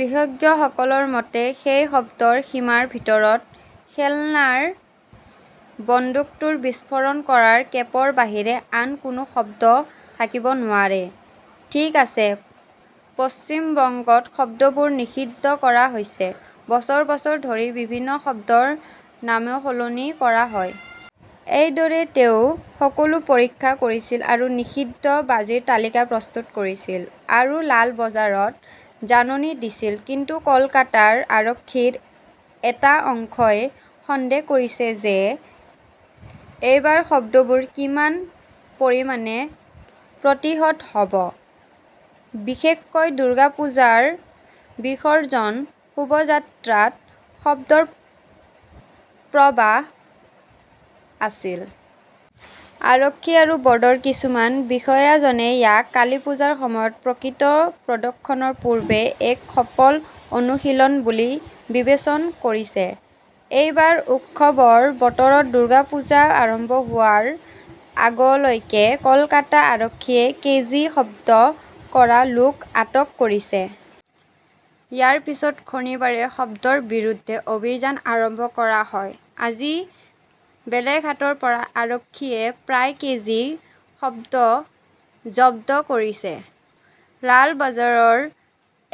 বিশেষজ্ঞসকলৰ মতে সেই শব্দৰ সীমাৰ ভিতৰত খেলনাৰ বন্দুকটো বিস্ফোৰণ কৰাৰ কেপৰ বাহিৰে আন কোনো শব্দ থাকিব নোৱাৰে। ঠিক আছে, পশ্চিম বংগত শব্দবোৰ নিষিদ্ধ কৰা হৈছে। বছৰ বছৰ ধৰি বিভিন্ন শব্দৰ নামও সলনি কৰা হয়। এইদৰে তেওঁ সকলো পৰীক্ষা কৰিছিল আৰু নিষিদ্ধ বাজিৰ তালিকা প্ৰস্তুত কৰিছিল আৰু লাল বজাৰত জাননী দিছিল। কিন্তু কলকাতা আৰক্ষীৰ এটা অংশই সন্দেহ কৰিছে যে এইবাৰ শব্দবোৰ কিমান পৰিমাণে প্ৰতিহত হ 'ব। বিশেষকৈ দুৰ্গা পূজাৰ বিসৰ্জন শোভাযাত্ৰাত শব্দৰ প্ৰভাৱ আছিল। আৰক্ষী আৰু বৰ্ডৰ কিছুমান বিষয়াজনে ইয়াক কালীপূজাৰ সময়ত প্ৰকৃত প্ৰদৰ্শনৰ পূৰ্বে এক 'সফল অনুশীলন' বুলি বিবেচনা কৰিছে। এইবাৰ উৎসৱৰ বতৰত দুৰ্গা পূজা আৰম্ভ হোৱাৰ আগলৈকে কলকাতা আৰক্ষীয়ে কেজি শব্দ কৰা লোক আটক কৰিছে। ইয়াৰ পিছত শনিবাৰে শব্দৰ বিৰুদ্ধে অভিযান আৰম্ভ কৰা হয়। আজি বেলেঘাটৰ পৰা আৰক্ষীয়ে প্ৰায় কেজি শব্দ জব্দ কৰিছে। লালবাজাৰৰ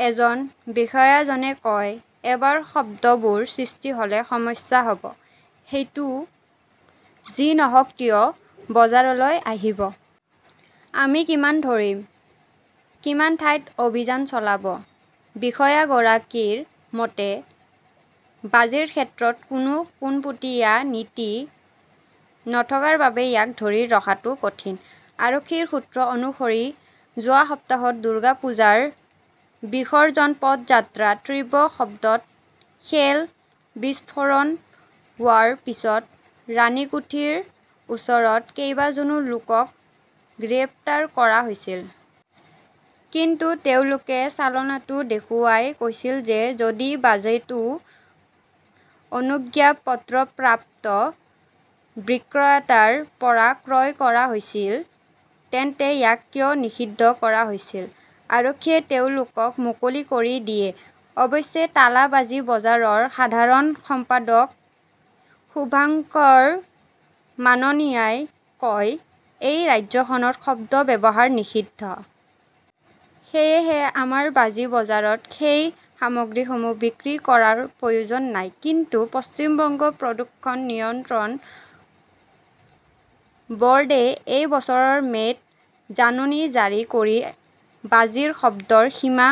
এজন বিষয়াজনে কয়, এবাৰ শব্দবোৰ সৃষ্টি হলে সমস্যা হ ব। সেইটো যি নহওক কিয় বজাৰলৈ আহিব। আমি কিমান ধৰিম, কিমান ঠাইত অভিযান চলাব! বিষয়া গৰাকীৰ মতে, বাজিৰ ক্ষেত্ৰত কোনো পোনপটীয়া নীতি নথকাৰ বাবে ইয়াক ধৰি ৰখাটো কঠিন। আৰক্ষীৰ সূত্ৰ অনুসৰি, যোৱা সপ্তাহত দুৰ্গা পূজাৰ বিসৰ্জন পদযাত্ৰাত তীব্ৰ শব্দত শেল বিস্ফোৰণ হোৱাৰ পিছত ৰাণীকুঠিৰ ওচৰত কেইবাজনো লোকক গ্ৰেপ্তাৰ কৰা হৈছিল। কিন্তু তেওঁলোকে চালানটো দেখুৱাই কৈছিল যে যদি বাজিটো অনুজ্ঞাপত্ৰপ্ৰাপ্ত বিক্ৰেতাৰ পৰা ক্ৰয় কৰা হৈছিল, তেন্তে ইয়াক কিয় নিষিদ্ধ কৰা হৈছিল? আৰক্ষীয়ে তেওঁলোকক মুকলি কৰি দিয়ে। অৱশ্যে টালা বাজি বজাৰৰ সাধাৰণ সম্পাদক শুভঙ্কাৰ মাননাই কয়, এই ৰাজ্যখনত শব্দ ব্যৱহাৰ নিষিদ্ধ। সেয়েহে আমাৰ বাজি বজাৰত সেই সামগ্ৰীসমূহ বিক্ৰী কৰাৰ প্ৰয়োজন নাই। কিন্তু পশ্চিম বংগ প্ৰদূষণ নিয়ন্ত্ৰণ ব ৰ্ডে এই বছৰৰ মে'ত জাননী জাৰি কৰি বাজিৰ শব্দৰ সীমা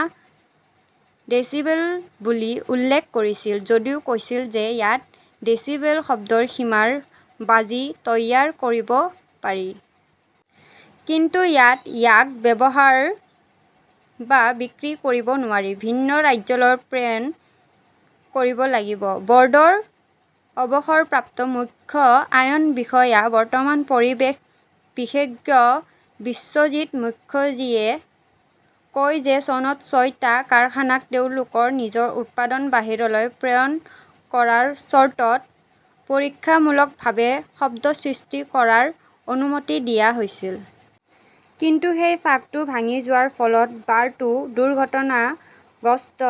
ডেছিবেল বুলি উল্লেখ কৰিছিল যদিও কৈছিল যে ইয়াত ডেছিবেল শব্দৰ সীমাৰ বাজি তৈয়াৰ কৰিব পাৰি। কিন্তু ইয়াত ইয়াক ব্যৱহাৰ বা বিক্ৰী কৰিব নোৱাৰি, ভিন্ন ৰাজ্যলৈ প্ৰেৰণ কৰিব লাগিব। বৰ্ডৰ অৱসৰপ্ৰাপ্ত মুখ্য আইন বিষয়া বৰ্তমান পৰিৱেশ বিশেষজ্ঞ বিশ্বজিত মুখাৰ্জীয়ে কয় যে চনত ছয়টা কাৰখানাক তেওঁলোকৰ নিজৰ উৎপাদন বাহিৰলৈ প্ৰেৰণ কৰাৰ চৰ্তত পৰীক্ষামূলকভাৱে শব্দ সৃষ্টি কৰাৰ অনুমতি দিয়া হৈছিল। কিন্তু সেই ফাঁকটো ভাঙি যোৱাৰ ফলত বাৰটো দুৰ্ঘটনাগ্ৰস্ত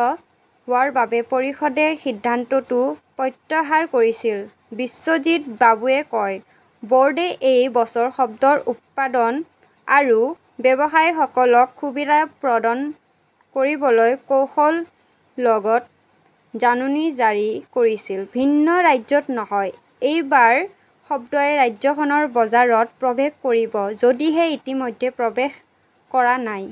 হোৱাৰ বাবে পৰিষদে সিদ্ধান্তটো প্ৰত্যাহাৰ কৰিছিল। বিশ্বজিত বাবুৱে কয়, বোৰ্ডে এই বছৰ শব্দৰ উৎপাদক আৰু ব্যৱসায়ীসকলক সুবিধা প্ৰদান কৰিবলৈ কৌশলগত জাননী জাৰি কৰিছিল। ভিন্ন ৰাজ্যত নহয়, এইবাৰ শব্দই ৰাজ্যখনৰ বজাৰত প্ৰৱেশ কৰিব, যদিহে ইতিমধ্যে প্ৰৱেশ কৰা নাই।